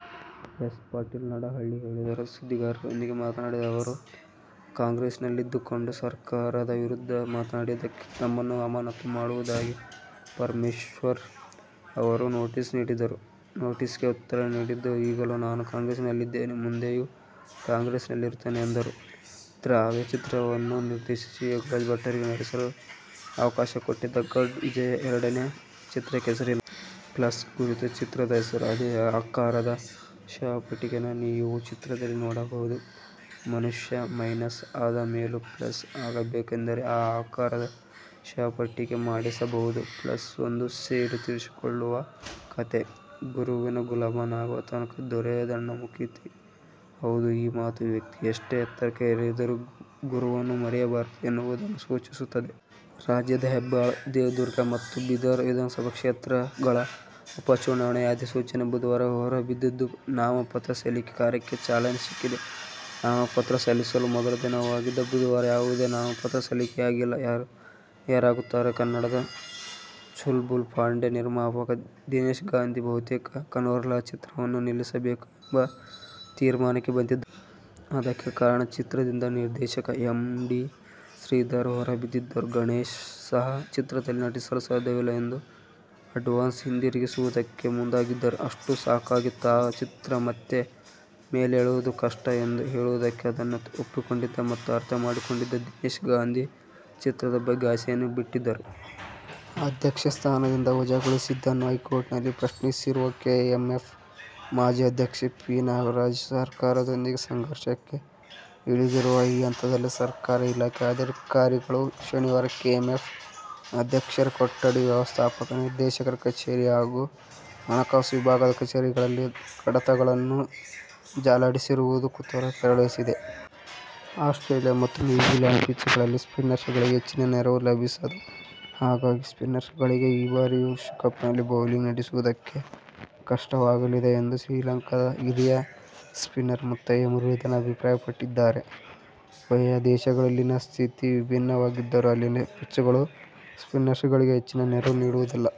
S. Patil Nadahalli ಹೇಳಿದರು. ಸುದ್ದಿಗಾರರೊಂದಿಗೆ ಮಾತನಾಡಿದ ಅವರು, ಕಾಂಗ್ರೆಸ್ನಲ್ಲಿದ್ದುಕೊಂಡು ಸರ್ಕಾರದ ವಿರುದ್ಧ ಮಾತನಾಡಿದ್ದಕ್ಕೆ ತಮ್ಮನ್ನು ಅಮಾನತು ಮಾಡುವುದಾಗಿ ಪರಮೇಶ್ವರ್ ಅವರು ನೋಟಿಸ್ ನೀಡಿದ್ದರು. ನೋಟಿಸ್ಗೆ ಉತ್ತರ ನೀಡಿದ್ದು, ಈಗಲೂ ನಾನು ಕಾಂಗ್ರೆಸ್ನಲ್ಲಿದ್ದೇನೆ. ಮುಂದೆಯೂ ಕಾಂಗ್ರೆಸ್ನಲ್ಲಿರುತ್ತೇನೆ ಎಂದರು. ದ್ಯಾವ್ರೇ ಚಿತ್ರವನ್ನು ನಿರ್ದೇಶಿಸಿ ಯೋಗರಾಜ ಭಟ್ಟರಿಗೆ ನಟಿಸಲು ಅವಕಾಶ ಕೊಟ್ಟಿದ್ದ ಗಡ್ಡ ವಿಜಿಯ ಎರಡನೆಯ ಚಿತ್ರಕ್ಕೆ ಹೆಸರಿಲ್ಲ. ಪ್ಲಸ್ ಗುರುತೇ ಚಿತ್ರದ ಹೆಸರು. ಅದೇ ಆಕಾರದ ಶವ ಪೆಟ್ಟಿಗೆಯನ್ನು ನೀವು ಚಿತ್ರದಲ್ಲಿ ನೋಡಬಹುದು. ಮನುಷ್ಯ ಮೈನಸ್ ಆದ ಮೇಲೂ ಪ್ಲಸ್ ಆಗಬೇಕೆಂದರೆ ಆ ಆಕಾರದ ಶವಪೆಟ್ಟಿಗೆ ಮಾಡಿಸಬಹುದು! ಪ್ಲಸ್ ಒಂದು ಸೇಡು ತೀರಿಸಿಕೊಳ್ಳುವ ಕತೆ. ಗುರುವಿನ ಗುಲಾಮನಾಗುವ ತನಕ ದೊರೆಯದಣ್ಣ ಮುಕುತಿ. ಹೌದು ಈ ಮಾತು ವ್ಯಕ್ತಿ ಎಷ್ಟೇ ಎತ್ತರಕ್ಕೆ ಎರಿದರೂ ಗುರುವನ್ನು ಮರೆಯಬಾರದು ಎನ್ನುವುದನ್ನು ಸೂಚಿಸುತ್ತದೆ. ರಾಜ್ಯದ ಹೆಬ್ಟಾಳ, ದೇವದುರ್ಗ ಮತ್ತು ಬೀದರ್ ವಿಧಾನಸಭಾ ಕ್ಷೇತ್ರಗಳ ಉಪ ಚುನಾವಣೆಯ ಅಧಿಸೂಚನೆ ಬುಧವಾರ ಹೊರಬಿದ್ದಿದ್ದು, ನಾಮಪತ್ರಸಲ್ಲಿಕೆ ಕಾರ್ಯಕ್ಕೆ ಚಾಲನೆ ಸಿಕ್ಕಿದೆ. ನಾಮಪತ್ರ ಸಲ್ಲಿಸಲು ಮೊದಲ ದಿನವಾಗಿದ್ದ ಬುಧವಾರ ಯಾವುದೇ ನಾಮಪತ್ರ ಸಲ್ಲಿಕೆಯಾಗಿಲ್ಲ. ಯಾರಾಗುತ್ತಾರೆ ಕನ್ನಡದ ಚುಲ್ಬುಲ್ ಪಾಂಡೆ? ನಿರ್ಮಾಪಕ ದಿನೇಶ್ ಗಾಂಧಿ ಬಹುತೇಕ "ಕನ್ವರ್ಲಾಲ್' ಚಿತ್ರವನ್ನು ನಿಲ್ಲಿಸಬೇಕು ಎಂಬ ತೀರ್ಮಾನಕ್ಕೆ ಬಂದಿದ್ದರು. ಅದಕ್ಕೆ ಕಾರಣ ಚಿತ್ರದಿಂದ ನಿರ್ದೇಶಕ ಎಂ. ಡಿ. ಶ್ರೀಧರ್ ಹೊರಬಿದ್ದಿದ್ದರು. ಗಣೇಶ್ ಸಹ ಚಿತ್ರದಲ್ಲಿ ನಟಿಸಲು ಸಾಧ್ಯವಿಲ್ಲ ಎಂದು ಅಡ್ವಾನ್ಸ್ ಹಿಂದಿರಿಗಿಸುವುದಕ್ಕೆ ಮುಂದಾಗಿದ್ದರು. ಅಷ್ಟು ಸಾಕಾಗಿತ್ತು ಆ ಚಿತ್ರ ಮತ್ತೆ ಮೇಲೇಳುವುದು ಕಷ್ಟ ಎಂದು ಹೇಳುವುದಕ್ಕೆ. ಅದನ್ನು ಒಪ್ಪಿಕೊಂಡಿದ್ದ ಮತ್ತು ಅರ್ಥ ಮಾಡಿಕೊಂಡಿದ್ದ ದಿನೇಶ್ ಗಾಂಧಿ ಚಿತ್ರದ ಬಗ್ಗೆ ಆಸೆಯನ್ನು ಬಿಟ್ಟಿದ್ದರು. ಅಧ್ಯಕ್ಷ ಸ್ಥಾನದಿಂದ ವಜಾಗೊಳಿಸಿದ್ದನ್ನು ಹೈಕೋರ್ಟ್ನಲ್ಲಿ ಪ್ರಶ್ನಿಸಿರುವ ಕೆಎಂಎಫ್ ಮಾಜಿ ಅಧ್ಯಕ್ಷ ಪಿ. ನಾಗರಾಜು ಸರ್ಕಾರದೊಂದಿಗೆ ಸಂಘರ್ಷಕ್ಕೆ ಇಳಿದಿರುವ ಈ ಹಂತದಲ್ಲೇ ಸಹಕಾರ ಇಲಾಖೆ ಅಧಿಕಾರಿಗಳು ಶನಿವಾರ ಕೆಎಂಎಫ್ ಅಧ್ಯಕ್ಷರ ಕೊಠಡಿ, ವ್ಯವಸ್ಥಾಪಕ ನಿರ್ದೇಶಕರ ಕಚೇರಿ ಹಾಗೂ ಹಣಕಾಸು ವಿಭಾಗದ ಕಚೇರಿಗಳಲ್ಲಿ ಕಡತಗಳನ್ನು ಜಾಲಾಡಿರುವುದು ಕುತೂಹಲ ಕೆರಳಿಸಿದೆ. ಆಸ್ಟ್ರೇಲಿಯ ಮತ್ತು ನ್ಯೂಜಿಲ್ಯಾಂಡ್ನ ಪಿಚ್ಗಳಲ್ಲಿ ಸ್ಪಿನ್ನರ್ಗಳಿಗೆ ಹೆಚ್ಚಿನ ನೆರವು ಲಭಿಸದು. ಹಾಗಾಗಿ ಸ್ಪಿನ್ನರ್ಗಳಿಗೆ ಈ ಬಾರಿಯ ವಿಶ್ವಕಪ್ನಲ್ಲಿ ಬೌಲಿಂಗ್ ನಡೆಸುವುದಕ್ಕೆ ಕಷ್ಟವಾಗಲಿದೆ ಎಂದು ಶ್ರೀಲಂಕಾದ ಹಿರಿಯ ಸ್ಪಿನ್ನರ್ ಮುತ್ತಯ್ಯ ಮುರಳೀಧರನ್ ಅಭಿಪ್ರಾಯಪಟ್ಟಿದ್ದಾರೆ. ಉಭಯ ದೇಶಗಳಲ್ಲಿನ ಸ್ಥಿತಿ ವಿಭಿನ್ನ ವಾಗಿದ್ದರೂ ಅಲ್ಲಿನ ಪಿಚ್ಗಳು ಸ್ಪಿನ್ನರ್ಗಳಿಗೆ ಹೆಚ್ಚಿನ ನೆರವು ನೀಡುವುದಿಲ್ಲ.